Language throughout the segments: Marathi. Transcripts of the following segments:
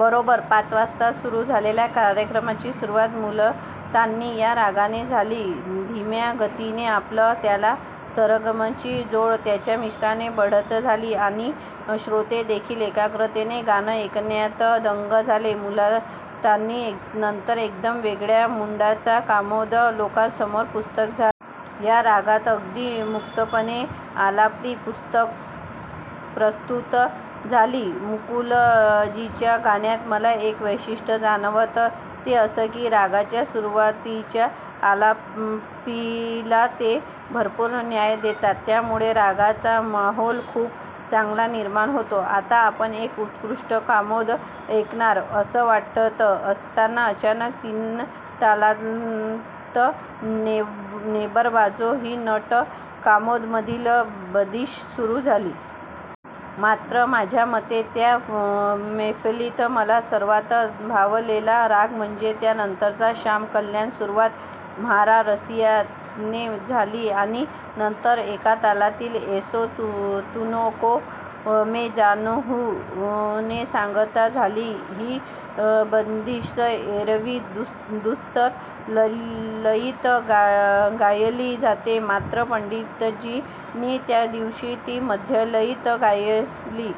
बरोबर पाच वाजता सुरु झालेल्या कार्यक्रमाची सुरुवात मुलतानी या रागाने झाली. धीम्या गतीचे आलाप, त्याला सरगमची जोड याच्या मिश्रणाने बढत झाली आणि श्रोते देखील एकाग्रतेने गाणं ऐकण्यात दंग झाले. मुलतानी नंतर एकदम वेगळ्या 'मूड'चा 'कामोद' लोकांसमोर प्रस्तुत झाला. या रागात अगदी मुक्तपणे आलापी प्रस्तुत झाली. मुकुलजींच्या गाण्यात मला एक वैशिष्ट्य जाणवतं ते असं की रागाच्या सुरुवातीच्या आलापीला ते भरपूर न्याय देतात. त्यामुळे रागाचा माहोल खूप चांगला निर्माण होतो. आता आपण एक उत्कृष्ट कामोद ऐकणार असं वाटत असता अचानक तीनतालात 'नेवर बाजो' ही नट कामोद मधील बंदिश सुरु झाली. मात्र माझ्यामते त्या मैफलीत मला सर्वात भावलेला राग म्हणजे त्या नंतरचा 'शाम-कल्याण. ' सुरुवात 'म्हारा रसिया' ने झाली आणि नंतर एकतालातील 'ऐसो तुमी को मै जानत हूँ' ने सांगता झाली. ही बंदिश एरवी द्रुत लयीत गायली जाते मात्र पंडितजींनी त्यादिवशी ती मध्यलयीत गायली.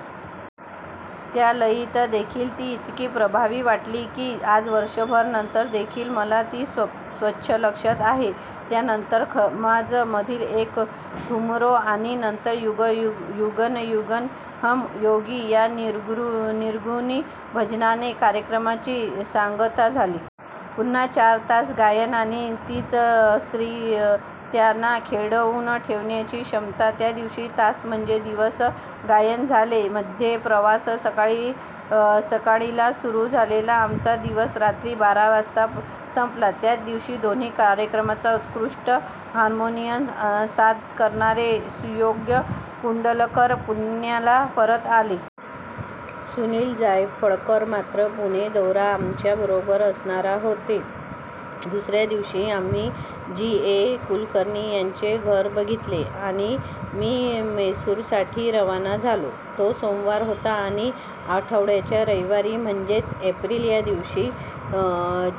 त्या लयीत देखील ती इतकी प्रभावी वाटली की आज वर्षभरा नंतर देखील मला ती स्वच्छ लक्षात आहे. त्या नंतर खमाज मधील एक ठुमरी आणि नंतर 'युगन युगन हम योगी' या निर्गुणी भजनाने कार्यक्रमाची सांगता झाली. पुन्हा चार तास गायन आणि तीच श्रोत्यांना खिळवून ठेवण्याची क्षमता. त्या दिवशी तास, म्हणजे दिवस गायन झाले. मध्ये प्रवास. सकाळी ला सुरु झालेला आमचा दिवस रात्री बारा वाजता संपला. त्याच दिवशी दोन्ही कार्यक्रमांना उत्कृष्ट हार्मोनियम साथ करणारे सुयोग कुंडलकर पुण्याला परत आले. सुनील जायफळकर मात्र पूर्ण दौरा आमच्या बरोबर असणार होते. दुसऱ्या दिवशी आम्ही जी. ए कुलकर्णी यांचे घर बघितले आणि मी मैसूरसाठी रवाना झालो. तो सोमवार होता आणि आठवड्याच्या रविवारी म्हणजेच एप्रिल या दिवशी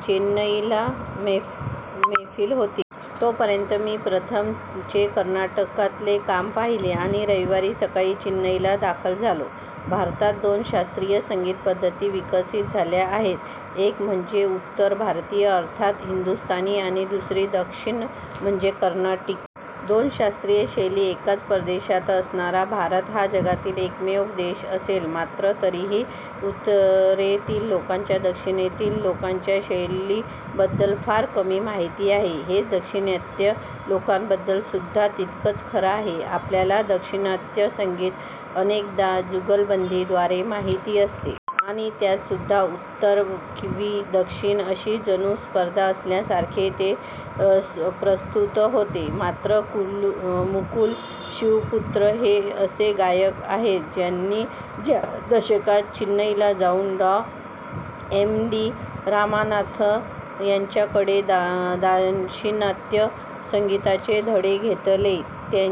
चेन्नईला मैफल होती. तो पर्यंत मी 'प्रथम' चे कर्नाटकातले काम पाहिले आणि रविवारी सकाळी चेन्नईला दाखल झालो. भारतात दोन शास्त्रीय संगीत पद्धती विकसित झाल्या आहेत एक म्हणजे उत्तर भारतीय, अर्थात हिंदुस्थानी आणि दुसरी दाक्षिणात्य म्हणजे कर्नाटिक. दोन शास्त्रीय शैली एकाच प्रदेशात असणारा भारत हा जगातील एकमेव देश असेल. मात्र तरीही उत्तरेतील लोकांना दक्षिणेतील लोकांच्या शैलीबद्दल फार कमी माहिती आहे. हेच दाक्षिणात्य लोकांबद्दल सुद्धा तितकंच खरं आहे. आपल्याला दाक्षिणात्य संगीत अनेकदा जुगलबंदी द्वारे माहिती असते. आणि त्यात सुद्धा 'उत्तर वि दक्षिण' अशी जणू स्पर्धा असल्यासारखे ते प्रस्तुत होते. मात्र मुकुल शिवपुत्र हे असे गायक आहेत ज्यांनी च्या दशकात चेन्नईला जाऊन डॉ. एम डी रामनाथन यांच्याकडून दाक्षिणात्य संगीताचे धडे घेतले. त्यांच्या